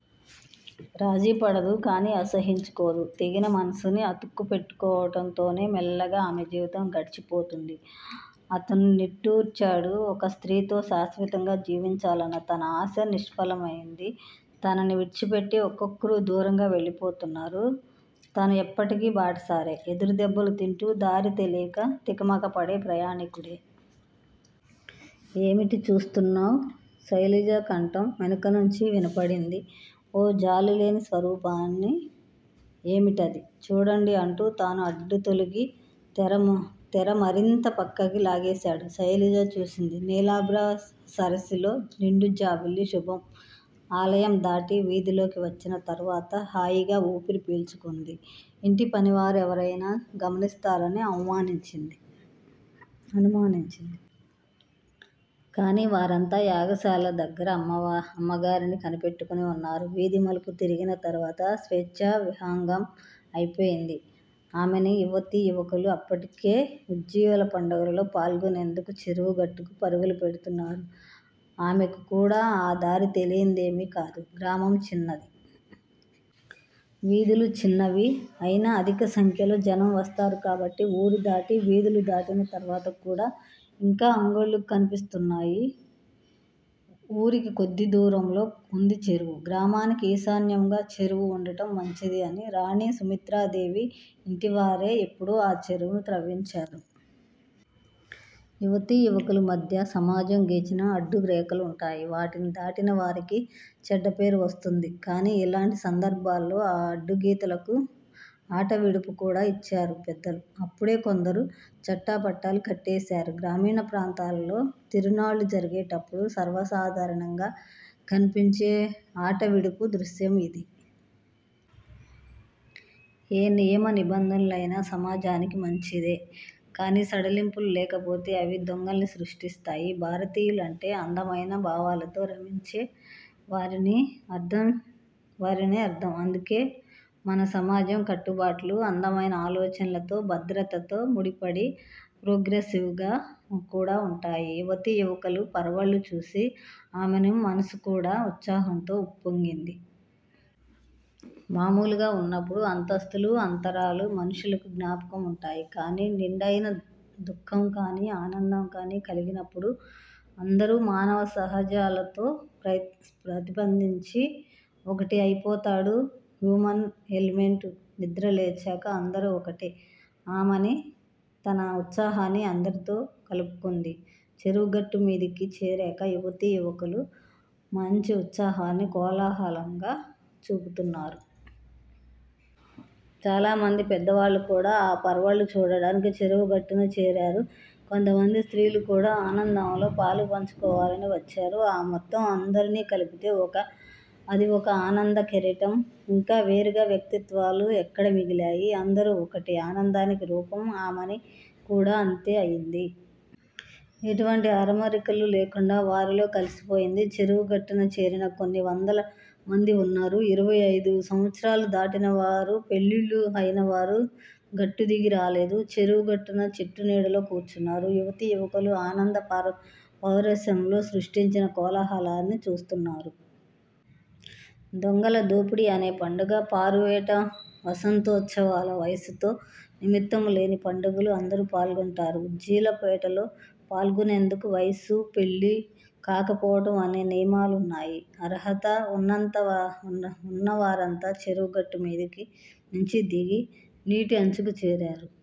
రాజీపడదు. కాని అసహ్యించుకోదు. తెగిన మనసుని అతుకుపెట్టుకోవటంతోనే మెల్లగా ఆమెజీవితం గడిచి పోతుంది. అతను నిట్టూర్చాడు. ఒక్క స్త్రీతో శాశ్వతంగా జీవించాలన్న తన ఆశ నిష్ఫలమైంది. తనని విడిచిపెట్టి ఒక్కొక్కరూ దూరంగా వెళ్లిపోతున్నారు. తను ఎప్పటికీ బాటసారే. ఎదురుదెబ్బలు తింటూ దారి తెలియక తికమకపడే ప్రయాణికుడే. ఏమిటి చూస్తున్నావు? శైలజ కంఠం వెనకనుంచి వినపడింది. ఓ జాలిలేని స్వరూపాన్ని. ఏమిటది? చూడండి అంటూ తాను అడ్డుతొలగి, తెర మరింత ప్రక్కకి లాగేశాడు. శైలజ చూసింది. నీలాభ్ర సరసిలో నిండుజాబిల్లి. శుభం। ఆలయం దాటి వీధిలోకి వచ్చిన తరువాత హాయిగా ఊపిరి పీల్చుకుంది. ఇంటి పనివారు ఎవరయినా గమనిస్తారని అనుమానించింది. కాని వారంతా యాగశాల దగ్గర అమ్మగారిని కనిపెట్టుకుని ఉన్నారు. వీధి మలుపు తిరిగిన తరువాత స్వేచ్ఛా విహంగం అయిపోయింది ఆమని! యువతీ యువకులు అప్పటికే ఉజ్జీల పండుగలో పాల్గొనేందుకు చెరువు గట్టుకు పరుగులు పెడుతున్నారు. ఆమెకు కూడా ఆ దారి తెలియనిదేమీ కాదు, గ్రామం చిన్నది. వీధులు చిన్నవి! అయినా అధిక సంఖ్యలో జనం వస్తారు కాబట్టి ఊరు దాటి వీధులు దాటిన తరువాత కూడ ఇంకా అంగళ్ళు కన్పిస్తున్నాయి. ఊరికి కొద్ది దూరంలో ఉంది చెరువు! గ్రామానికి ఈశాన్యంగా చెరువు ఉండటం మంచిది అని రాణి సుమిత్రాదేవి ఇంటివారే ఎప్పుడో ఆ చెరువు త్రవ్వించారు. యువతీ యువకుల మధ్య సమాజం గీచిన అడ్డు రేఖలుంటాయి. వాటిని దాటిన వారికి చెడ్డపేరు వస్తుంది. కాని ఇలాంటి సందర్భాలలో ఆ అడ్డుగీతలకు ఆటవిడుపు కూడ ఇచ్చారు పెద్దలు! అప్పుడే కొందరు చెట్టపట్టాలు కట్టేశారు. గ్రామీణ ప్రాంతాలలో తిరునాళ్ళు జరిగేప్పుడు సర్వసాధారణంగా కన్పించే ఆటవిడుపు దృశ్యం ఇది. ఏ నియమ నిబంధనలు అయినా సమాజానికి మంచిదే! కాని సడలింపులు లేకపోతే అవి దొంగల్ని సృష్టిస్తాయి. భారతీయులు అంటే అందమయిన భావాలతో రమించే వారని అర్ధం. అందుకే మన సమాజం కట్టుబాట్లు అందమయిన ఆలోచనలతో భద్రతతో ముడిపడి ప్రోగ్రెసివ్ గా కూడా వుంటాయి. యువతీ యువకుల పరవళ్ళు చూచి ఆమని మనసు కూడ ఉత్సాహంతో ఉప్పొంగి పోయింది. మామూలుగా వున్నప్పుడు అంతస్థులు, అంతరాలు మనుషులకు జ్ఞాపకం వుంటాయి. కాని నిండయిన దుఃఖం కాని ఆనందం కాని కలిగినప్పుడు అందరూ మానవ సహజాతాలతో ప్రతిస్పందించి ఒకటి అయిపోతారు. హ్యూమన్ ఎలిమెంట్ నిద్రలేచాక అందరూ ఒక్కటే! ఆమని తన ఉత్సాహాన్ని అందరితో కలుపుకుంది. చెరువు గట్టుమీదకి చేరాక యువతీ యువకులు మాంచి ఉత్సాహాన్ని కోలాహలంగా చూపుతున్నారు. చాలామంది పెద్దవాళ్ళు కూడా ఆ పరవళ్ళు చూడటానికి చెరువు గట్టున చేరారు. కొంతమంది స్త్రీలు కూడ ఆనందంలో పాలుపంచుకోవాలని వచ్చారు. ఆ మొత్తం అందరినీ కలిపితే అది ఒక ఆనంద కెరటం. ఇంక వేరుగా వ్యక్తిత్వాలు ఎక్కడ మిగిలాయి? అందరూ ఒక్కటే! ఆనందానికి రూపం! ఆమని కూడ అంతే అయింది. ఎటువంటి అమరికలు లేకుండా వారితో కలిసిపోయింది. చెరువు గట్టున చేరిన కొన్ని వందల మంది వున్నారు. ఇరవై అయిదు సంవత్సరాలు దాటిన వారు, పెళ్ళిళ్ళు అయినవారు గట్టు దిగి రాలేదు. చెరువు గట్టున చెట్టు నీడలో కూర్చున్నారు. యువతీ యువకులు ఆనంద పారవశ్యంలో సృష్టించిన కోలాహలాన్ని చూస్తున్నారు. దొంగల దోపిడి అనే పండుగ, పారువేట, వసంతోత్సవాలు వయసుతో నిమిత్తంలేని పండుగలు. అందరూ పాల్గొంటారు. ఉజ్జీలవేటలో పాల్గొనేందుకు వయసు పెళ్ళి కాకపోవటం అనే నియమాలున్నాయి. అర్హతను వున్నవారంతా చెరువు గట్టు మీది నించి దిగి నీటి అంచుకు చేరారు.